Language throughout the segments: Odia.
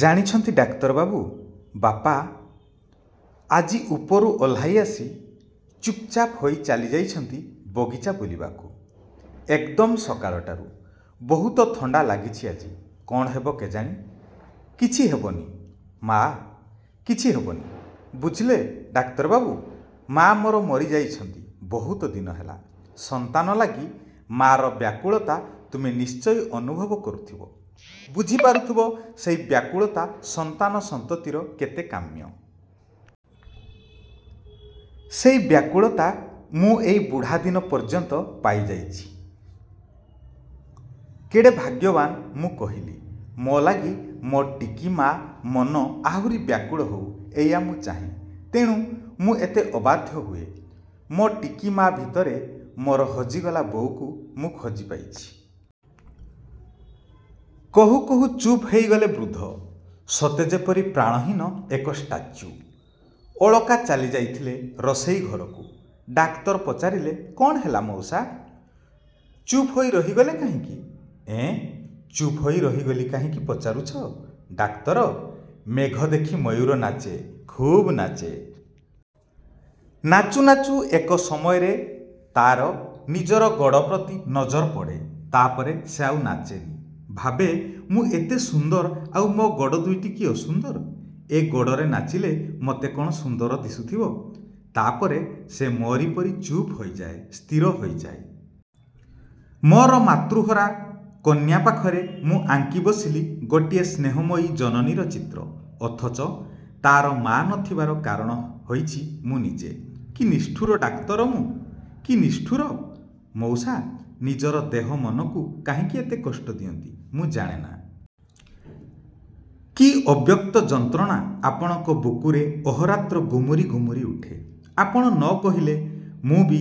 ଜାଣିଛନ୍ତି ଡାକ୍ତରବାବୁ-ବାପା। ଆଜି ଉପରୁ ଓହ୍ଲାଇଆସି ଚୁପ୍ଚାପ୍ ହୋଇ ଚାଲିଯାଇଛନ୍ତି ବଗିଚା ବୁଲିବାକୁ ଏକ୍ଦମ୍ ସକାଳଟାରୁ। ବହୁତ ଥଣ୍ଡା ଲାଗିଛି ଆଜି, କ'ଣ ହେବ କେଜାଣି। କିଛି ହେବନି ମା', କିଛି ହେବନି। ବୁଝିଲେ ଡାକ୍ତରବାବୁ-ମାଆ ମୋର ମରିଯାଇଛନ୍ତି ବହୁତ ଦିନ ହେଲା। ସନ୍ତାନ ଲାଗି ମା'ର ବ୍ୟାକୁଳତା ତୁମେ ନିଶ୍ଚୟ ଅନୁଭବ କରୁଥିବ, ବୁଝିପାରୁଥିବ ସେଇ ବ୍ୟାକୁଳତା ସନ୍ତାନ ସନ୍ତତିର କେତେ କାମ୍ୟ। ସେଇ ବ୍ୟାକୁଳତା ମୁଁ ଏଇ ବୁଢ଼ାଦିନ ପର୍ଯ୍ୟନ୍ତ ପାଇଯାଉଛି। କେଡ଼େ ଭାଗ୍ୟବାନ ମୁଁ କହିଲି। ମୋ ଲାଗି ମୋ ଟିକି ମାଆ ମନ ଆହୁରି ବ୍ୟାକୁଳ ହେଉ ଏଇଆ ମୁଁ ଚାହେଁ। ତେଣୁ ମୁଁ ଏତେ ଅବାଧ୍ୟ ହୁଏ। ମୋ ଟିକି ମା' ଭିତରେ ମୋର ହଜିଗଲା ବୋଉକୁ ମୁଁ ଖୋଜିପାଇଛି। କହୁ କହୁ ଚୁପ୍ ହୋଇଗଲେ ବୃଦ୍ଧ। ସତେଯେପରି ପ୍ରାଣହୀନ ଏକ ଷ୍ଟାଚ୍ୟୁ। ଅଳକା ଚାଲିଯାଇଥିଲେ ରୋଷେଇ ଘରକୁ। ଡାକ୍ତର ପଚାରିଲେ-କ'ଣ ହେଲା ମଉସା! ଚୁପ୍ ହୋଇ ରହିଗଲେ କାହିଁକି? -ଏଁ, ଚୁପ୍ ହୋଇ ରହିଗଲି କାହିଁକି ପଚାରୁଛ? ଡାକ୍ତର, ମେଘ ଦେଖି ମୟୂର ନାଚେ, ଖୁବ୍ ନାଚେ। ନାଚୁ ନାଚୁ ଏକ ସମୟରେ ତା'ର ନିଜର ଗୋଡ଼ ପ୍ରତି ନଜର ପଡ଼େ। ତାପରେ ସେ ଆଉ ନାଚେନି। ଭାବେ ମୁଁ ଏତେ ସୁନ୍ଦର ଆଉ ମୋ ଗୋଡ଼ ଦୁଇଟି କି ଅସୁନ୍ଦର। ଏ ଗୋଡ଼ରେ ନାଚିଲେ ମୋତେ କ'ଣ ସୁନ୍ଦର ଦିଶୁଥିବ। ତାପରେ ସେ ମୋରି ପରି ଚୁପ୍ ହୋଇଯାଏ, ସ୍ଥିର ହୋଇଯାଏ। ମୋର ମାତୃହରା କନ୍ୟା ପାଖରେ ମୁଁ ଆଙ୍କି ବସିଲି ଗୋଟିଏ ସ୍ନେହମୟୀ ଜନନୀର ଚିତ୍ର। ଅଥଚ, ତା'ର ମାଆ ନ ଥିବାର କାରଣ ହୋଇଛି ମୁଁ ନିଜେ। କି ନିଷ୍ଠୁର ଡାକ୍ତର ମୁଁ, କି ନିଷ୍ଠୁର। -ମଉସା, ନିଜର ଦେହ ମନକୁ କାହିଁକି ଏତେ କଷ୍ଟ ଦିଅନ୍ତି, ମୁଁ ଜାଣେନା। କି ଅବ୍ୟକ୍ତ ଯନ୍ତ୍ରଣା ଆପଣଙ୍କ ବୁକୁରେ ଅହୋରାତ୍ର ଗୁମୁରି ଗୁମୁରି ଉଠେ। ଆପଣ ନ କହିଲେ ମୁଁ ବି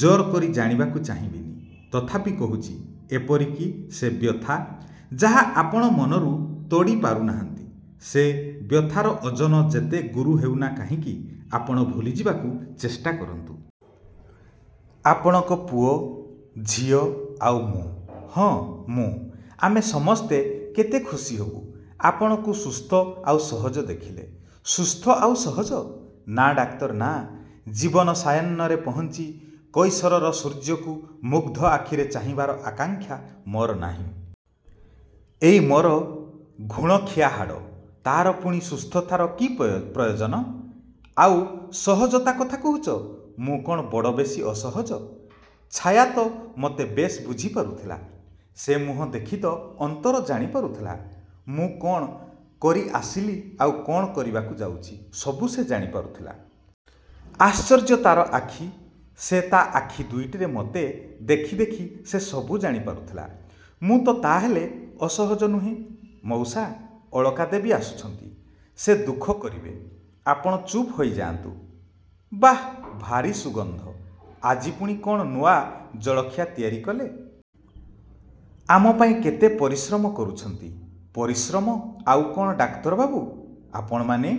ଜୋର କରି ଜାଣିବାକୁ ଚାହିଁବିନି। ତଥାପି କହୁଛି-ଏପରିକି ସେ ବ୍ୟଥା, ଯାହା ଆପଣ ମନରୁ ତଡ଼ି ପାରୁନାହାନ୍ତି। ସେ ବ୍ୟଥାର ଓଜନ ଯେତେ ଗୁରୁ ହେଉନା କାହିଁକି ଆପଣ ଭୁଲିଯିବାକୁ ଚେଷ୍ଟା କରନ୍ତୁ। ଆପଣଙ୍କ ପୁଅ, ଝିଅ ଆଉ ମୁଁ-ହଁ, ମୁଁ-ଆମେ ସମସ୍ତେ କେତେ ଖୁସି ହବୁ, ଆପଣଙ୍କୁ ସୁସ୍ଥ ଆଉ ସହଜ ଦେଖିଲେ। ସୁସ୍ଥ ଆଉ ସହଜ! ନା ଡାକ୍ତର ନା, ଜୀବନ ସାୟାହ୍ନରେ ପହଞ୍ଚି କୈଶୋରର ସୂର୍ଯ୍ୟକୁ ମୁଗ୍ଧ ଆଖିରେ ଚାହିଁବାର ଆକାଂକ୍ଷା ମୋର ଆଉ ନାହିଁ। ଏଇ ମୋର ଘୁଣଖିଆ ହାଡ଼, ତା'ର ପୁଣି ସୁସ୍ଥତାର କି ପ୍ରୟୋଜନ! ଆଉ ସହଜତା କଥା କହୁଛ, ମୁଁ କ'ଣ ବଡ଼ ବେଶୀ ଅସହଜ! ଛାୟା ତ ମୋତେ ବେଶ୍ ବୁଝିପାରୁଥିଲା, ସେ ମୁହଁ ଦେଖିତ ଅନ୍ତର ଜାଣିପାରୁଥିଲା। ମୁଁ କ'ଣ କରିଆସିଲି ଆଉ କ'ଣ କରିବାକୁ ଯାଉଛି, ସବୁ ସେ ଜାଣିପାରୁଥିଲା। ଆଶ୍ଚର୍ଯ୍ୟ ତା'ର ଆଖି। ସେ ତା' ଆଖି ଦୁଇଟିରେ ମତେ ଦେଖି ଦେଖି ସେ ସବୁ ଜାଣିପାରୁଥିଲା। ମୁଁ ତ ତାହାହେଲେ ଅସହଜ ନୁହେଁ। ମଉସା, ଅଳକା ଦେବୀ ଆସୁଛନ୍ତି। ସେ ଦୁଃଖ କରିବେ। ଆପଣ ଚୁପ୍ ହୋଇଯାଆନ୍ତୁ-। -ବାଃ, ଭାରି ସୁଗନ୍ଧ। ଆଜି ପୁଣି କ'ଣ ନୂଆ ଜଳଖିଆ ତିଆରି କଲେ। ଆମ ପାଇଁ କେତେ ପରିଶ୍ରମ କରୁଛନ୍ତି। ପରିଶ୍ରମ ଆଉ କ'ଣ ଡାକ୍ତର ବାବୁ! ଆପଣମାନେ